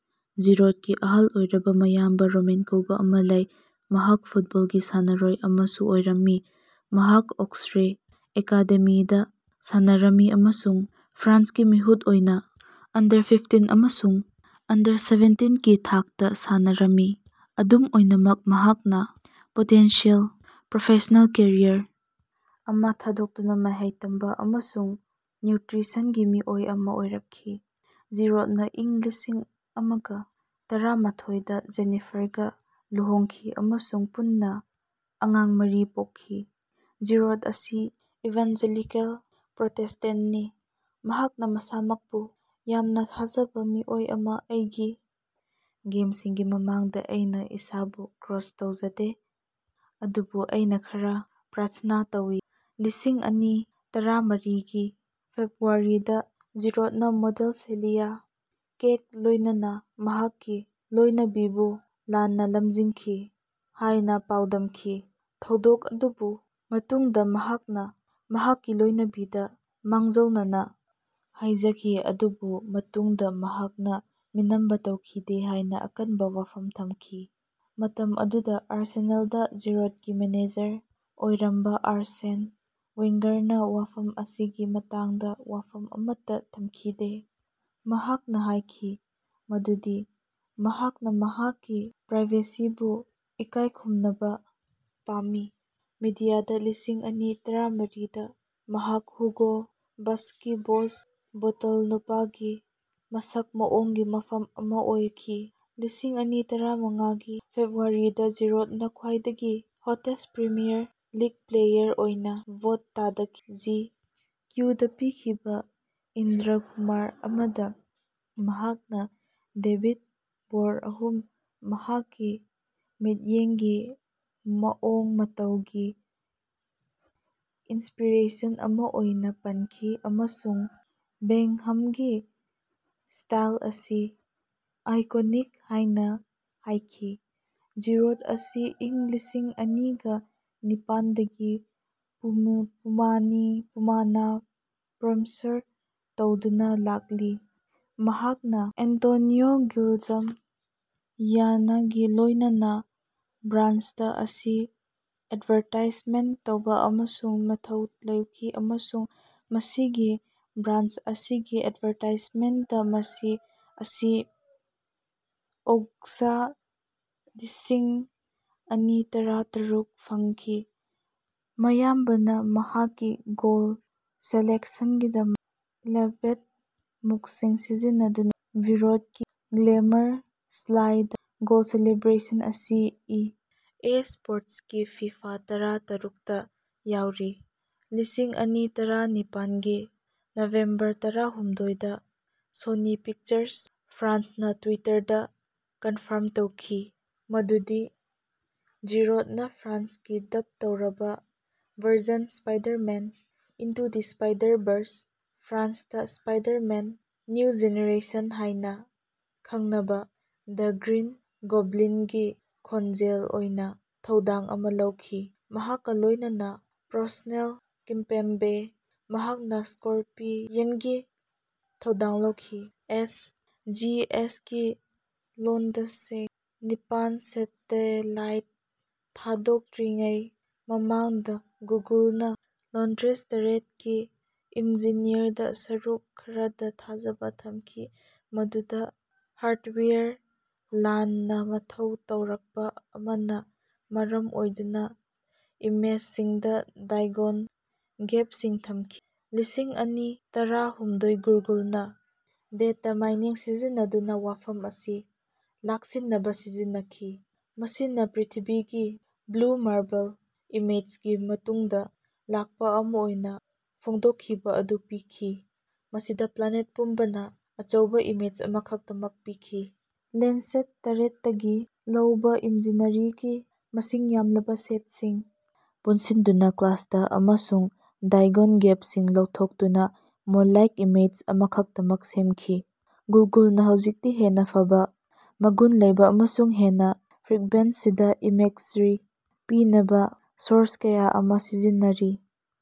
ꯖꯤꯔꯣꯗꯀꯤ ꯑꯍꯜ ꯑꯣꯏꯔꯕ ꯃꯌꯥꯝꯕ ꯔꯣꯃꯦꯟ ꯀꯧꯕ ꯑꯃ ꯂꯩ, ꯃꯍꯥꯛ ꯐꯨꯠꯕꯣꯜꯒꯤ ꯁꯥꯟꯅꯔꯣꯏ ꯑꯃꯁꯨ ꯑꯣꯏꯔꯝꯃꯤ, ꯃꯍꯥꯛ ꯑꯣꯛꯁꯔꯦ ꯑꯦꯀꯥꯗꯦꯃꯤꯗꯥ ꯁꯥꯟꯅꯔꯝꯃꯤ ꯑꯃꯁꯨꯡ ꯐ꯭ꯔꯥꯟꯁꯀꯤ ꯃꯤꯍꯨꯠ ꯑꯣꯏꯅꯥ ꯑꯟꯗꯔ-ꯐꯤꯐꯇꯤꯟ ꯑꯃꯁꯨꯡ ꯑꯟꯗꯔ-ꯁꯦꯚꯦꯟꯇꯤꯟ ꯀꯤ ꯊꯥꯛꯇ ꯁꯥꯟꯅꯔꯝꯃꯤ, ꯑꯗꯨꯝ ꯑꯣꯏꯅꯃꯛ ꯃꯍꯥꯛꯅꯥ ꯄꯣꯇꯦꯟꯁꯤꯌꯦꯜ ꯄ꯭ꯔꯣꯐꯦꯁ꯭ꯅꯦꯜ ꯀꯦꯔꯤꯌꯔ ꯑꯃꯥ ꯊꯥꯗꯣꯛꯇꯨꯅ ꯃꯍꯩ ꯇꯝꯕ ꯑꯃꯁꯨꯡ ꯅ꯭ꯌꯨꯇ꯭ꯔꯤꯁꯟꯒꯤ ꯃꯤꯑꯣꯏ ꯑꯃꯥ ꯑꯣꯏꯔꯛꯈꯤ꯫ ꯖꯤꯔꯣꯗꯅꯥ ꯏꯪ ꯂꯤꯁꯤꯡ ꯑꯃꯒ ꯇꯔꯥꯃꯥꯊꯣꯏ ꯗ ꯖꯦꯅꯤꯐꯥꯔꯒ ꯂꯨꯍꯣꯡꯈꯤ ꯑꯃꯁꯨꯡ ꯄꯨꯟꯅꯥ ꯑꯉꯥꯡ ꯃꯔꯤ ꯄꯣꯛꯈꯤ꯫ ꯖꯤꯔꯣꯗ ꯑꯁꯤ ꯏꯚꯥꯅꯖꯦꯂꯤꯀꯦꯜ ꯄ꯭ꯔꯣꯇꯦꯁ꯭ꯇꯦꯟꯇꯅꯤ꯫ ꯃꯍꯥꯛꯅꯥ ꯃꯁꯥꯃꯛꯄꯨ "ꯌꯥꯝꯅ ꯊꯥꯖꯕ ꯃꯤꯑꯣꯏ ꯑꯃꯥ ꯑꯩꯒꯤ ꯒꯦꯝꯁꯤꯡꯒꯤ ꯃꯃꯥꯡꯗꯥ ꯑꯩꯅꯥ ꯏꯁꯥꯕꯨ ꯀ꯭ꯔꯣꯁ ꯇꯧꯖꯗꯦ ꯑꯗꯨꯕꯨ ꯑꯩꯅꯥ ꯈꯔꯥ ꯄ꯭ꯔꯥꯊꯅꯥ ꯇꯧꯏ"꯫ ꯂꯤꯁꯤꯡ ꯑꯅꯤ ꯇꯔꯥꯃꯥꯔꯤꯒꯤ ꯐꯦꯕ꯭ꯔꯨꯋꯥꯔꯤꯗꯥ ꯖꯤꯔꯣꯗꯅꯥ ꯃꯣꯗꯦꯜ ꯁꯦꯂꯤꯌꯥ ꯀꯦꯒ ꯂꯣꯏꯅꯅꯥ ꯃꯍꯥꯛꯀꯤ ꯂꯣꯏꯅꯕꯤꯕꯨ ꯂꯥꯟꯅꯥ ꯂꯝꯖꯤꯡꯈꯤ ꯍꯥꯏꯅꯥ ꯄꯥꯎꯗꯝꯈꯤ꯫ ꯊꯧꯗꯣꯛ ꯑꯗꯨꯒꯤ ꯃꯇꯨꯡꯗꯥ ꯃꯍꯥꯛꯅꯥ ꯃꯍꯥꯛꯀꯤ ꯂꯣꯏꯅꯕꯤꯗ ꯃꯥꯡꯖꯧꯅꯅ ꯍꯥꯏꯖꯈꯤ ꯑꯗꯨꯕꯨ ꯃꯇꯨꯡꯗ ꯃꯍꯥꯛꯅ ꯃꯤꯅꯝꯕ ꯇꯧꯈꯤꯗꯦ ꯍꯥꯏꯅꯥ ꯑꯀꯟꯕ ꯋꯥꯐꯝ ꯊꯝꯈꯤ꯫ ꯃꯇꯝ ꯑꯗꯨꯗꯥ ꯑꯥꯔꯁꯦꯅꯦꯜꯗ ꯖꯤꯔꯣꯗꯀꯤ ꯃꯦꯅꯦꯖꯔ ꯑꯣꯏꯔꯝꯕꯥ ꯑꯥꯔꯁꯦꯟ ꯋꯦꯡꯒꯥꯔꯅꯥ ꯋꯥꯐꯝ ꯑꯁꯤꯒꯤ ꯃꯇꯥꯡꯗ ꯋꯥꯐꯝ ꯑꯃꯠꯇ ꯊꯝꯈꯤꯗꯦ, ꯃꯍꯥꯛꯅ ꯍꯥꯏꯈꯤ ꯃꯗꯨꯗꯤ ꯃꯍꯥꯛꯅ ꯃꯍꯥꯛꯀꯤ ꯄ꯭ꯔꯥꯏꯚꯦꯁꯤꯕꯨ ꯏꯀꯥꯏ ꯈꯨꯝꯅꯕ ꯄꯥꯝꯃꯤ꯫ ꯃꯤꯗꯤꯌꯥꯗ ꯂꯤꯁꯤꯡ ꯑꯅꯤ ꯇꯔꯥꯃꯥꯔꯤꯗ ꯃꯍꯥꯛ ꯍꯨꯒꯣ ꯕꯁꯀꯤ ꯕꯣꯁ ꯕꯣꯇꯜ ꯅꯨꯄꯥꯒꯤ ꯃꯁꯛ ꯃꯑꯣꯡꯒꯤ ꯃꯐꯝ ꯑꯃꯥ ꯑꯣꯏꯈꯤ꯫ ꯂꯤꯁꯤꯡ ꯑꯅꯤ ꯇꯔꯥꯃꯉꯥꯒꯤ ꯐꯦꯕ꯭ꯔꯨꯋꯥꯔꯤꯗ ꯖꯤꯔꯣꯗꯅ ꯈ꯭ꯋꯥꯏꯗꯒꯤ ꯍꯣꯇꯦꯁ꯭ꯠ ꯄ꯭ꯔꯤꯃꯤꯌꯥꯔ ꯂꯤꯛ ꯄ꯭ꯂꯦꯌꯥꯔ ꯑꯣꯏꯅꯥ ꯚꯣꯠ ꯊꯥꯗꯈꯤ꯫ ꯖꯤ. ꯀ꯭ꯌꯨ. ꯗꯥ ꯄꯤꯈꯤꯕꯥ ꯏꯟꯇꯔꯚ꯭ꯌꯨ ꯑꯃꯗꯥ ꯃꯍꯥꯛꯅꯥ ꯗꯦꯕꯤꯗ ꯕꯦꯣꯍꯝꯕꯨ ꯃꯍꯥꯛꯀꯤ ꯃꯤꯠꯌꯦꯡꯒꯤ ꯃꯑꯣꯡ ꯃꯇꯧꯒꯤ ꯏꯟꯁꯄꯤꯔꯦꯁꯟ ꯑꯃꯥ ꯑꯣꯏꯅꯥ ꯄꯟꯈꯤ ꯑꯃꯁꯨꯡ ꯕꯦꯀꯍꯝꯒꯤ ꯁ꯭ꯇꯥꯏꯜ ꯑꯁꯤ ꯑꯥꯏꯀꯣꯅꯤꯛ ꯍꯥꯏꯅꯥ ꯍꯥꯏꯈꯤ꯫ ꯖꯤꯔꯣꯗ ꯑꯁꯤ ꯏꯪ ꯂꯤꯁꯤꯡ ꯑꯅꯤꯒ ꯅꯤꯄꯥꯟ ꯗꯒꯤ ꯄꯨꯃꯥꯅꯥ ꯁ꯭ꯄꯣꯟꯁꯔ ꯇꯧꯗꯨꯅꯥ ꯂꯥꯛꯂꯤ꯫ ꯃꯍꯥꯛꯅꯥ ꯑꯦꯟꯇꯣꯅꯤꯑꯣ ꯒ꯭ꯔꯤꯖꯝꯌꯥꯅꯒꯥ ꯂꯣꯏꯅꯅꯥ ꯕ꯭ꯔꯥꯟꯗ ꯑꯁꯤꯒꯤ ꯑꯦꯗꯚꯥꯔꯇꯥꯏꯖꯃꯦꯟꯠ ꯑꯃꯗꯥ ꯊꯧꯗꯥꯡ ꯂꯧꯈꯤ ꯑꯃꯁꯨꯡ ꯃꯁꯤꯒꯤ ꯕ꯭ꯔꯥꯟꯗ ꯑꯁꯤꯒꯤ ꯑꯦꯗꯚꯥꯔꯇꯥꯏꯖꯃꯦꯟꯇ ꯑꯁꯤ ꯑꯣꯒꯁ꯭ꯠ ꯂꯤꯁꯤꯡ ꯑꯅꯤ ꯇꯔꯥ ꯇꯔꯨꯛꯇ ꯐꯣꯡꯈꯤ꯫ ꯑꯌꯥꯝꯕꯅꯥ ꯃꯍꯥꯛꯀꯤ ꯒꯣꯜ ꯁꯦꯂꯦꯕ꯭ꯔꯦꯁꯟꯁꯤꯡꯗꯥ ꯏꯂꯥꯕꯔꯦꯠ ꯃꯨꯚꯁꯤꯡ ꯁꯤꯖꯤꯟꯅꯗꯨꯅꯥ ꯖꯤꯔꯣꯗꯀꯤ ꯒ꯭ꯂꯦꯃꯔ ꯁ꯭ꯂꯥꯏꯗ ꯒꯣꯜ ꯁꯦꯂꯦꯕ꯭ꯔꯦꯁꯟ ꯑꯁꯤ ꯏ. ꯑꯦ. ꯁ꯭ꯄꯣꯔꯇꯁꯀꯤ ꯐꯤꯐꯥ ꯇꯔꯥ ꯇꯔꯨꯛꯇ ꯌꯥꯎꯔꯤ꯫ ꯂꯤꯁꯤꯡ ꯑꯅꯤ ꯇꯔꯥ ꯅꯤꯄꯥꯟꯒꯤ ꯅꯕꯦꯝꯕꯔ ꯇꯔꯥꯍꯨꯝꯗꯣꯏꯗ ꯁꯣꯅꯤ ꯄꯤꯛꯆꯔꯁ ꯐ꯭ꯔꯥꯟꯁꯅꯥ ꯇ꯭ꯋꯤꯇꯔꯗꯥ ꯀꯟꯐꯔꯝ ꯇꯧꯈꯤ ꯃꯗꯨꯗꯤ ꯖꯤꯔꯣꯗꯅꯥ ꯐ꯭ꯔꯥꯟꯁꯀꯤ ꯗꯥꯕ ꯇꯧꯔꯕꯥ version Spider-Man: into the Spider-Verse (ꯐ꯭ꯔꯥꯟꯁꯇꯥ ꯁ꯭ꯄꯥꯏꯗꯥꯔꯃꯦꯟ: ꯅ꯭ꯌꯨ ꯖꯦꯅꯦꯔꯦꯁꯟ ꯍꯥꯏꯅꯥ ꯈꯪꯅꯕꯥ)ꯗ ꯒ꯭ꯔꯤꯟ ꯒꯣꯕꯂꯤꯟꯒꯤ ꯈꯣꯟꯖꯦꯜ ꯑꯣꯏꯅꯥ ꯊꯧꯗꯥꯡ ꯑꯃꯥ ꯂꯧꯈꯤ꯫ ꯃꯍꯥꯛꯀꯥ ꯂꯣꯏꯅꯅꯥ ꯄ꯭ꯔꯦꯁꯅꯦꯜ ꯀꯤꯝꯄꯦꯝꯕꯦ, ꯃꯍꯥꯛꯅꯥ ꯁ꯭ꯀꯣꯔꯄꯤꯌꯟꯒꯤ ꯊꯧꯗꯥꯡ ꯂꯧꯈꯤ꯫ ꯑꯦꯁ. ꯖꯤ. ꯑꯦꯁ. ꯀꯤ ꯂꯦꯟꯗꯁꯦꯠ ꯅꯤꯄꯥꯟ ꯁꯦꯇꯦꯂꯥꯏꯠ ꯊꯥꯗꯣꯛꯇ꯭ꯔꯤꯉꯩ ꯃꯃꯥꯡꯗꯥ ꯒꯨꯒꯜꯅꯥ ꯂꯦꯟꯗ꯭ꯁꯦꯠ ꯇꯔꯦꯠ ꯀꯤ ꯏꯃꯖꯤꯅꯔꯤꯗ ꯁꯔꯨꯛ ꯈꯔꯗꯤ ꯊꯥꯖꯕ ꯊꯝꯈꯤ, ꯃꯗꯨꯗ ꯍꯥꯔ꯭ꯗꯋꯦꯌꯔ ꯂꯥꯟꯅ ꯃꯊꯧ ꯇꯧꯔꯛꯄ ꯑꯃꯅꯥ ꯃꯔꯝ ꯑꯣꯏꯗꯨꯅꯥ ꯏꯃꯦꯖꯁꯤꯡꯗꯥ ꯗꯥꯏꯒꯣꯟ ꯒꯦꯞꯁꯤꯡ ꯊꯝꯈꯤ꯫ ꯂꯤꯁꯤꯡ ꯑꯅꯤ ꯇꯔꯥꯍꯨꯝꯗꯣꯏ ꯒꯨꯒꯜꯅꯥ ꯗꯦꯇꯥꯃꯥꯏꯅꯤꯡ ꯁꯤꯖꯤꯟꯅꯗꯨꯅꯥ ꯋꯥꯐꯝ ꯑꯁꯤ ꯂꯥꯛꯁꯤꯟꯅꯕꯥ ꯁꯤꯖꯤꯟꯅꯈꯤ, ꯃꯁꯤꯅꯥ ꯄ꯭ꯔꯤꯊꯤꯕꯤꯒꯤ ꯕ꯭ꯂꯨ ꯃꯥꯔꯕꯜ ꯏꯃꯦꯖꯒꯤ ꯃꯇꯨꯡꯗꯥ ꯂꯥꯛꯄꯥ ꯑꯃꯥ ꯑꯣꯏꯅꯥ ꯐꯣꯡꯗꯣꯛꯈꯤꯕꯥ ꯑꯗꯨ ꯄꯤꯈꯤ, ꯃꯁꯤꯗꯥ ꯄ꯭ꯂꯥꯅꯦꯠ ꯄꯨꯝꯕꯒꯤ ꯑꯆꯧꯕꯥ ꯏꯃꯦꯖ ꯑꯃꯈꯛꯇꯃꯛ ꯄꯤꯈꯤ꯫ ꯃꯁꯤ ꯂꯦꯟꯗ꯭ꯁꯦꯠ ꯇꯔꯦꯠꯇꯒꯤ ꯂꯧꯕꯥ ꯏꯃꯖꯤꯅꯔꯤꯒꯤ ꯃꯁꯤꯡ ꯌꯥꯝꯂꯕꯥ ꯁꯦꯠꯁꯤꯡ ꯄꯨꯟꯁꯤꯟꯗꯨꯅꯥ ꯀ꯭ꯂꯥꯎꯗ ꯑꯃꯁꯨꯡ ꯗꯥꯏꯒꯣꯟ ꯒꯦꯞꯁꯤꯡ ꯂꯧꯊꯣꯛꯇꯨꯅꯥ ""ꯃꯣꯖꯥꯏꯛ"" ꯏꯃꯦꯖ ꯑꯃꯈꯛꯇꯃꯛ ꯁꯦꯝꯈꯤ꯫ ꯒꯨꯒꯜꯅꯥ ꯍꯧꯖꯤꯛꯇꯤ ꯍꯦꯟꯅꯥ ꯐꯕꯥ ꯃꯒꯨꯟ ꯂꯩꯕꯥ ꯑꯃꯁꯨꯡ ꯍꯦꯟꯅꯥ ꯐ꯭ꯔꯤꯛꯕꯦꯟꯁꯤꯗꯥ ꯏꯃꯦꯖꯔꯤ ꯄꯤꯅꯕꯥ ꯁꯣꯔꯁ ꯀꯌꯥ ꯑꯃꯥ ꯁꯤꯖꯤꯟꯅꯔꯤ꯫